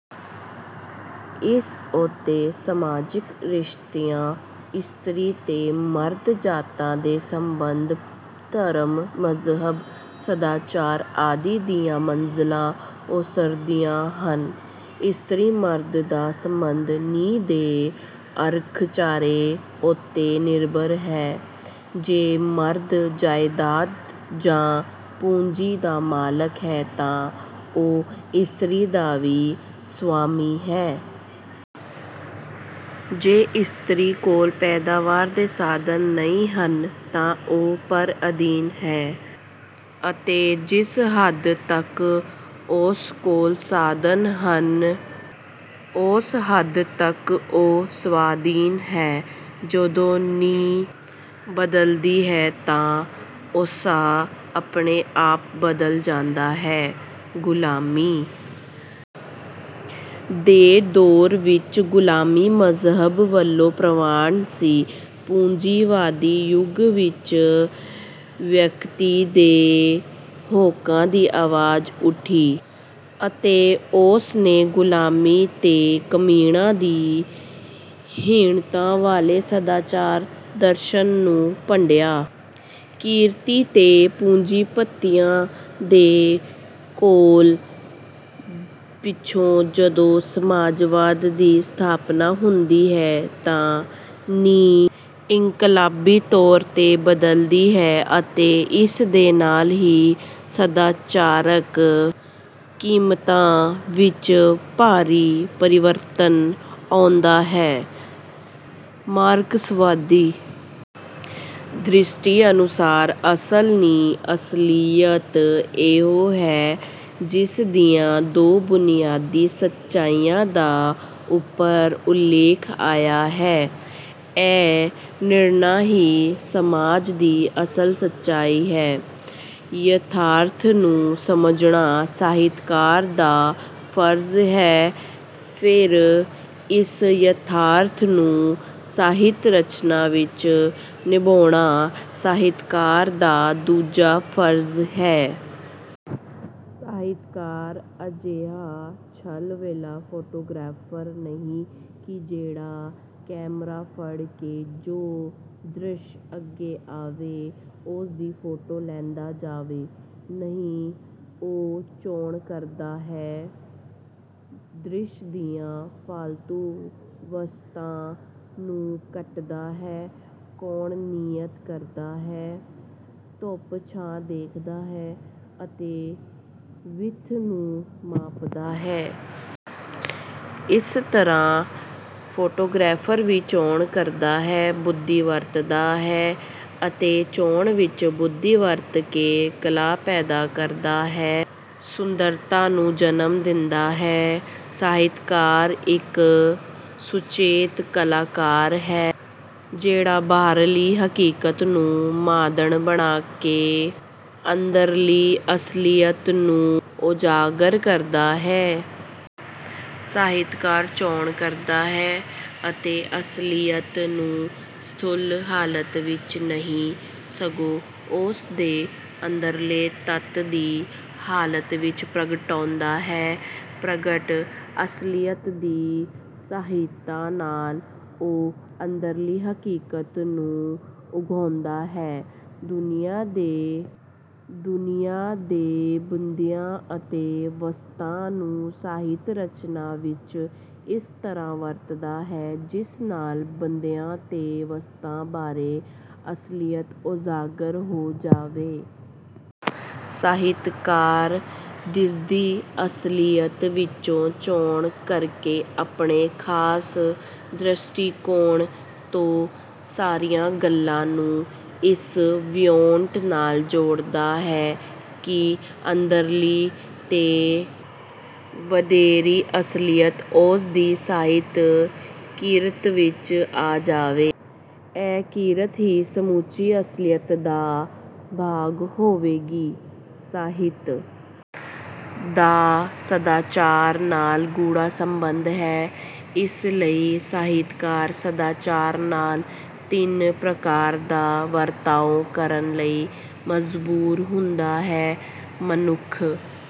ਇਸ ਉੱਤੇ ਸਮਾਜਿਕ, ਰਿਸ਼ਤਿਆਂ, ਇਸਤਰੀ ਤੇ ਮਰਦ, ਜਾਤਾਂ ਦੇ ਸਬੰਧ, ਧਰਮ, ਮਜ਼ਹਬ, ਸਦਾਚਾਰ ਆਦਿ ਦੀਆਂ ਮੰਜ਼ਿਲਾਂ ਉਸਰਦੀਆਂ ਹਨ। ਇਸਤਰੀ-ਮਰਦ ਦਾ ਸਬੰਧ ਨੀਂਹ ਦੇ ਅਰਥਚਾਰੇ ਉੱਤੇ ਨਿਰਭਰ ਹੈ। ਜੇ ਮਰਦ ਜਾਇਦਾਦ ਜਾਂ ਪੂੰਜੀ ਦਾ ਮਾਲਕ ਹੈ ਤਾਂ ਉਹ ਇਸਤਰੀ ਦਾ ਵੀ ਸਵਾਮੀ ਹੈ। ਜੇ ਇਸਤਰੀ ਕੋਲ ਪੈਦਾਵਾਰ ਦੇ ਸਾਧਨ ਨਹੀਂ ਹਨ, ਤਾਂ ਉਹ ਪਰ-ਅਧੀਨ ਹੈ; ਅਤੇ ਜਿਸ ਹੱਦ ਤੱਕ ਉਸ ਕੋਲ ਸਾਧਨ ਹਨ, ਉਸ ਹੱਦ ਤੱਕ ਉਹ ਸਵਾਧੀਨ ਹੈ। ਜਦੋਂ ਨੀਂਹ ਬਦਲਦੀ ਹੈ ਤਾਂ ਉਸਾਰ ਆਪਣੇ ਆਪ ਬਦਲ ਜਾਂਦਾ ਹੈ। ਗੁਲਾਮੀ ਦੇ ਦੌਰ ਵਿੱਚ ਗੁਲਾਮੀ ਮਜ਼ਹਬ ਵੱਲੋਂ ਪ੍ਰਵਾਨ ਸੀ। ਪੂੰਜੀਵਾਦੀ ਯੁੱਗ ਵਿੱਚ ਵਿਅਕਤੀ ਦੇ ਹੱਕਾਂ ਦੀ ਆਵਾਜ਼ ਉੱਠੀ ਅਤੇ ਉਸ ਨੇ ਗੁਲਾਮੀ ਤੇ ਕਮੀਣਾਂ ਦੀ ਹੀਣਤਾ ਵਾਲੇ ਸਦਾਚਾਰ ਦਰਸ਼ਨ ਨੂੰ ਭੰਡਿਆ। ਕਿਰਤੀ ਤੇ ਪੂੰਜੀਪਤੀਆਂ ਦੇ ਘੋਲ ਪਿੱਛੋਂ ਜਦੋਂ ਸਮਾਜਵਾਦ ਦੀ ਸਥਾਪਨਾ ਹੁੰਦੀ ਹੈ, ਤਾਂ ਨੀਂਹ ਇਨਕਲਾਬੀ ਤੌਰ 'ਤੇ ਬਦਲਦੀ ਹੈ ਅਤੇ ਇਸ ਦੇ ਨਾਲ ਹੀ ਸਦਾਚਾਰਕ ਕੀਮਤਾਂ ਵਿੱਚ ਭਾਰੀ ਪਰਿਵਰਤਨ ਆਉਂਦਾ ਹੈ। ਮਾਰਕਸਵਾਦੀ ਦ੍ਰਿਸ਼ਟੀ ਅਨੁਸਾਰ ਅਸਲ ਨੀਂਹ-ਅਸਲੀਅਤ ਇਹੋ ਹੈ, ਜਿਸ ਦੀਆਂ ਦੋ ਬੁਨਿਆਦੀ ਸੱਚਾਈਆਂ ਦਾ ਉੱਪਰ ਉਲੇਖ ਆਇਆ ਹੈ। ਇਹ ਨਿਰਣਾ ਹੀ ਸਮਾਜ ਦੀ ਅਸਲ ਸੱਚਾਈ ਹੈ। ਯਥਾਰਥ ਨੂੰ ਸਮਝਣਾ ਸਾਹਿਤਕਾਰ ਦਾ ਫਰਜ਼ ਹੈ, ਫਿਰ ਇਸ ਯਥਾਰਥ ਨੂੰ ਸਾਹਿਤ-ਰਚਨਾ ਵਿੱਚ ਨਿਭਾਉਣਾ ਸਾਹਿਤਕਾਰ ਦਾ ਦੂਜਾ ਫਰਜ਼ ਹੈ। ਸਾਹਿਤਕਾਰ ਅਜਿਹਾ ਝੱਲ-ਵੱਲ੍ਹਾ ਫੋਟੋਗ੍ਰਾਫਰ ਨਹੀਂ ਕਿ ਜਿਹੜਾ ਕੈਮਰਾ ਫੜ ਕੇ ਜੋ ਦ੍ਰਿਸ਼ ਅੱਗੇ ਆਵੇ, ਉਸ ਦੀ ਫੋਟੋ ਲੈਂਦਾ ਜਾਵੇ। ਨਹੀਂ, ਉਹ ਚੋਣ ਕਰਦਾ ਹੈ, ਦ੍ਰਿਸ਼ ਦੀਆਂ ਫਾਲਤੂ ਵਸਤਾਂ ਨੂੰ ਕੱਟਦਾ ਹੈ, ਕੋਣ ਨੀਅਤ ਕਰਦਾ ਹੈ, ਧੁੱਪ-ਛਾਂ ਦੇਖਦਾ ਹੈ ਅਤੇ ਵਿੱਥ ਨੂੰ ਮਾਪਦਾ ਹੈ। ਇਸ ਤਰ੍ਹਾਂ ਫੋਟੋਗ੍ਰਾਫਰ ਵੀ ਚੋਣ ਕਰਦਾ ਹੈ, ਬੁੱਧੀ ਵਰਤਦਾ ਹੈ ਅਤੇ ਚੋਣ ਵਿੱਚ ਬੁੱਧੀ ਵਰਤ ਕੇ ਕਲਾ ਪੈਦਾ ਕਰਦਾ ਹੈ, ਸੁੰਦਰਤਾ ਨੂੰ ਜਨਮ ਦਿੰਦਾ ਹੈ। ਸਾਹਿਤਕਾਰ ਇੱਕ ਸੁਚੇਤ ਕਲਾਕਾਰ ਹੈ, ਜਿਹੜਾ ਬਾਹਰਲੀ ਹਕੀਕਤ ਨੂੰ ਸਾਧਨ ਬਣਾ ਕੇ ਅੰਦਰਲੀ ਅਸਲੀਅਤ ਨੂੰ ਉਜਾਗਰ ਕਰਦਾ ਹੈ। ਸਾਹਿਤਕਾਰ ਚੋਣ ਕਰਦਾ ਹੈ ਅਤੇ ਅਸਲੀਅਤ ਨੂੰ ਸਥੂਲ ਹਾਲਤ ਵਿੱਚ ਨਹੀਂ, ਸਗੋਂ ਉਸ ਦੇ ਅੰਦਰਲੇ ਤੱਤ ਦੀ ਹਾਲਤ ਵਿੱਚ ਪ੍ਰਗਟਾਉਂਦਾ ਹੈ। ਪ੍ਰਗਟ ਅਸਲੀਅਤ ਦੀ ਸਹਾਇਤਾ ਨਾਲ ਉਹ ਅੰਦਰਲੀ ਹਕੀਕਤ ਨੂੰ ਉਘਾੜਦਾ ਹੈ। ਦੁਨੀਆ ਦੇ ਬੰਦਿਆਂ ਅਤੇ ਵਸਤਾਂ ਨੂੰ ਸਾਹਿਤ-ਰਚਨਾ ਵਿੱਚ ਇਸ ਤਰ੍ਹਾਂ ਵਰਤਦਾ ਹੈ, ਜਿਸ ਨਾਲ ਬੰਦਿਆਂ ਤੇ ਵਸਤਾਂ ਬਾਰੇ ਅਸਲੀਅਤ ਉਜਾਗਰ ਹੋ ਜਾਵੇ। ਸਾਹਿਤਕਾਰ ਦਿਸਦੀ ਅਸਲੀਅਤ ਵਿੱਚੋਂ ਚੋਣ ਕਰਕੇ ਆਪਣੇ ਖਾਸ ਦ੍ਰਿਸ਼ਟੀਕੋਣ ਤੋਂ ਸਾਰੀਆਂ ਗੱਲਾਂ ਨੂੰ ਇਸ ਵਿਉਂਤ ਨਾਲ ਜੋੜਦਾ ਹੈ ਕਿ ਅੰਦਰਲੀ ਤੇ ਵਡੇਰੀ ਅਸਲੀਅਤ ਉਸ ਦੀ ਸਾਹਿਤ-ਕਿਰਤ ਵਿੱਚ ਆ ਜਾਵੇ। ਇਹ ਕਿਰਤ ਹੀ ਸਮੁੱਚੀ ਅਸਲੀਅਤ ਦਾ ਭਾਗ ਹੋਵੇਗੀ। ਸਾਹਿਤ ਦਾ ਸਦਾਚਾਰ ਨਾਲ ਗੂੜ੍ਹਾ ਸਬੰਧ ਹੈ। ਇਸ ਲਈ ਸਾਹਿਤਕਾਰ ਸਦਾਚਾਰ ਨਾਲ ਤਿੰਨ ਪ੍ਰਕਾਰ ਦਾ ਵਰਤਾਓ ਕਰਨ ਲਈ ਮਜ਼ਬੂਰ ਹੁੰਦਾ ਹੈ ਮਨੁੱਖ...